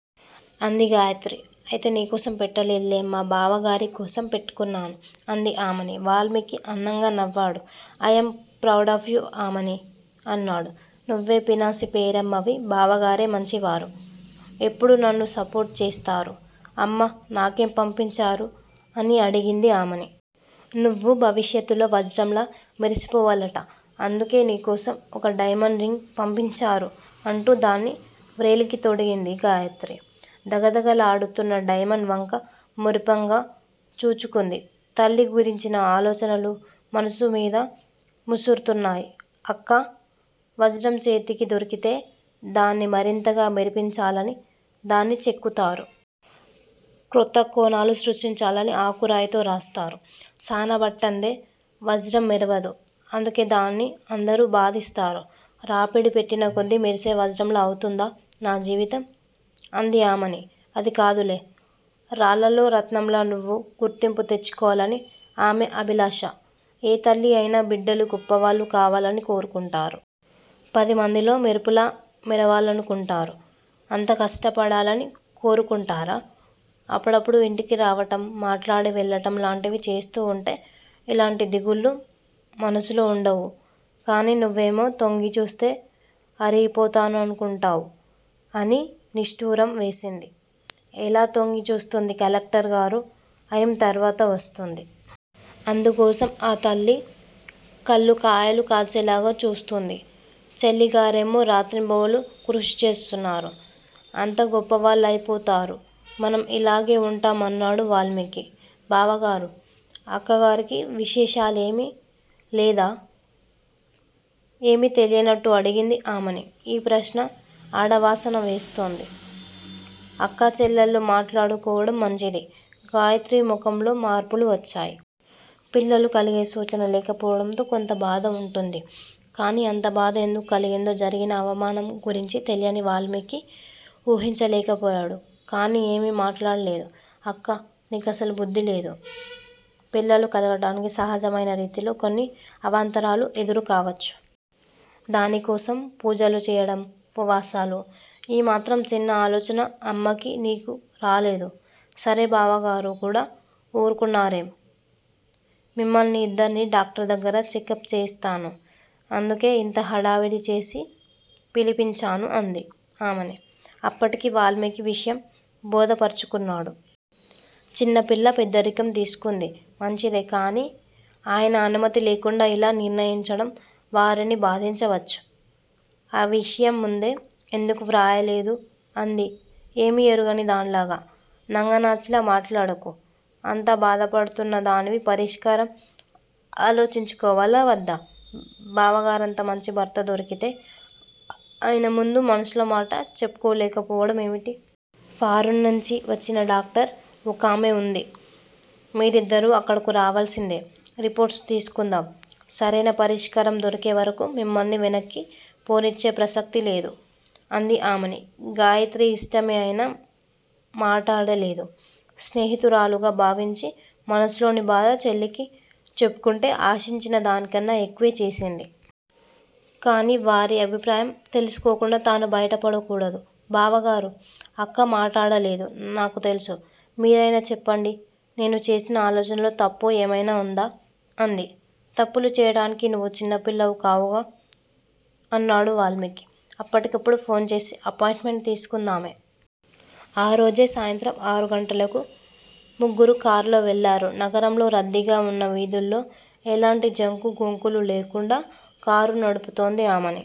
అంది గాయత్రి. అయితే నీకోసం పెట్టలేదులే! మా బావగారి కోసం పెట్టుకున్నాను. అంది ఆమని, వాల్మీకి అందంగా నవ్వాడు. I am proud of you Amani! అన్నాడు. నువ్వే పీనాసి పేరమ్మవి, బావగారే మంచివారు! ఎప్పుడూ నన్ను సపోర్టు చేస్తారు. అమ్మ నాకేం పంపించారు? అని అడిగింది ఆమని. నువ్వు భవిష్యత్తులో వజ్రంలా మెరిసిపోవాలట! అందుకే నీకోసం ఒక డైమండ్ రింగ్ పంపించారు అంటూ దాన్ని వ్రేలికి తొడిగింది గాయత్రి! ధగ ధగ లాడుతున్న డైమండ్ వంక మురిపెంగా చూచుకుంది, తల్లి గురించిన ఆలోచనలు మనసు మీద ముసురుతున్నాయి. అక్కా! వజ్రం చేతికి దొరికితే దాన్ని మరింతగా మెరిపించాలని దాన్ని చెక్కుతారు. క్రొత్త కోణాలు సృష్టించాలని ఆకురాయితో రాస్తారు. సాన పట్టందే వజ్రం మెరవదు. అందుకే దాన్ని అందరూ బాధిస్తారు. రాపిడి పెట్టిన కొద్దీ మెరిసే వజ్రంలా అవుతుందా నా జీవితం? అంది ఆమని. అది కాదులే! రాళ్ళలో రత్నంలా నువ్వు గుర్తింపు తెచ్చుకోవాలని ఆమె అభిలాష, ఏ తల్లి అయినా బిడ్డలు గొప్పవాళ్ళు కావాలని కోరుకుంటారు. పది మందిలో మెరుపులా మెరవాలను కుంటారు. అంతా కష్టపడాలని కోరుకుంటారా? అప్పుడప్పుడు ఇంటికి రావటం మాట్లాడి వెళ్ళటం లాంటివి చేస్తూ ఉంటే ఇలాంటి దిగుళ్ళు మనసులో ఉండవు. కాని నువ్వేమో తొంగిచూస్తే అరిగిపోతానను కుంటావు అని నిష్టూరం వేసింది. ఎలా తొంగి చూస్తుంది కలెక్టర్ గారు అయిం తరువాత వస్తుంది. అందుకోసం ఆ తల్లి కళ్ళుకాయలు కాచేలాగ చూస్తోంది. చెల్లిగారేమో రాత్రింబవళ్ళు కృషిచేస్తున్నారు. అంతా గొప్పవాళ్ళయిపోతారు. మనం ఇలాగే వుంటాం అన్నాడు వాల్మీకి. బావగారూ! అక్కగారికి విశేషాలేమీ లేదా? ఏమీ తెలియనట్టు అడిగింది ఆమని! ఈ ప్రశ్న ఆడవాసన వేస్తోంది! అక్కా చెల్లెళ్ళు మాట్లాడుకోవడం మంచిది. గాయత్రి ముఖంలో మార్పులు వచ్చాయి. పిల్లలు కలిగే సూచన లేకపోవడంతో కొంత బాధ వుంటుంది. కాని అంత బాధ ఎందుకు కలిగిందో జరిగిన అవమానం గురించి తెలియని వాల్మీకి ఊహించలేకపోయాడు. కానీ ఏమీ మాట్లాడలేదు. అక్కా! నీ కసలు బుద్ధి లేదు. పిల్లలు కలగటానికి సహజమయిన రీతిలో కొన్ని అవాంతరాలు ఎదురుకావచ్చు! దాని కోసం పూజలు చేయడం, ఉపవాసాలు! ఈ మాత్రం చిన్న ఆలోచన అమ్మకి, నీకు రాలేదు సరే బావగారు కూడా ఊరుకున్నారేం? మిమ్మల్ని ఇద్దర్నీ డాక్టర్ దగ్గర చెకప్ చేయిస్తాను. అందుకే ఇంత హడావిడి చేసి పిలిపించాను అంది ఆమని! అప్పటికి వాల్మీకి విషయం బోధపరచుకున్నాడు. చిన్నపిల్ల పెద్దరికం తీసుకుంది. మంచిదే, కాని ఆయన అనుమతి లేకుండా ఇలా నిర్ణయించడం వారిని బాధించవచ్చు! ఆ విషయం ముందే ఎందుకు వ్రాయలేదు? అంది ఏమీ ఎరుగని దానిలాగ! నంగనాచిలా మాటాడకు! అంత బాధపడుతున్నదానివి పరిష్కారం ఆలోచించుకోవాలా వద్దా? బావగారంత మంచి భర్త దొరికితే ఆయన ముందు మనసులో మాట చెప్పుకోలేకపోవడం ఏమిటి? ఫారిన్ నుంచి వచ్చిన డాక్టర్ ఒకామె వుంది! మీరిద్దరూ అక్కడకు రావలసిందే! రిపోర్ట్సు తీసుకుందాం! సరయిన పరిష్కారం దొరికే వరకూ మిమ్మల్ని వెనక్కి పోనిచ్చే ప్రసక్తి లేదు అంది ఆమని. గాయత్రి ఇష్టమే అయినా మాటాడలేదు. స్నేహితురాలుగా భావించి మనసులోని బాధ చెల్లికి చెప్పుకుంటే ఆశించిన దానికన్నా ఎక్కువే చేసింది. కాని వారి అభిప్రాయం తెలుసుకోకుండా తాను బయటపడ కూడదు. బావగారూ! అక్క మాటాడలేదు నాకు తెలుసు. మీరయినా చెప్పండి. నేను చేసిన ఆలోచనలో తప్పు ఏమయినా వుందా? అంది. తప్పులు చేయటానికి నువ్వు చిన్నపిల్లవు కావుగా! అన్నాడు వాల్మీకి. అప్పటికప్పుడు ఫోన్ చేసి అపాయింట్ మెంట్ తీసుకుందామె. ఆ రోజే సాయంత్రం ఆరు గంటలకు ముగ్గురూ కారులో వెళ్లారు. నగరంలో రద్దీగా వున్న వీధుల్లో ఎలాంటి జంకు గొంకులు లేకుండా కారు నడుపుతోంది ఆమని.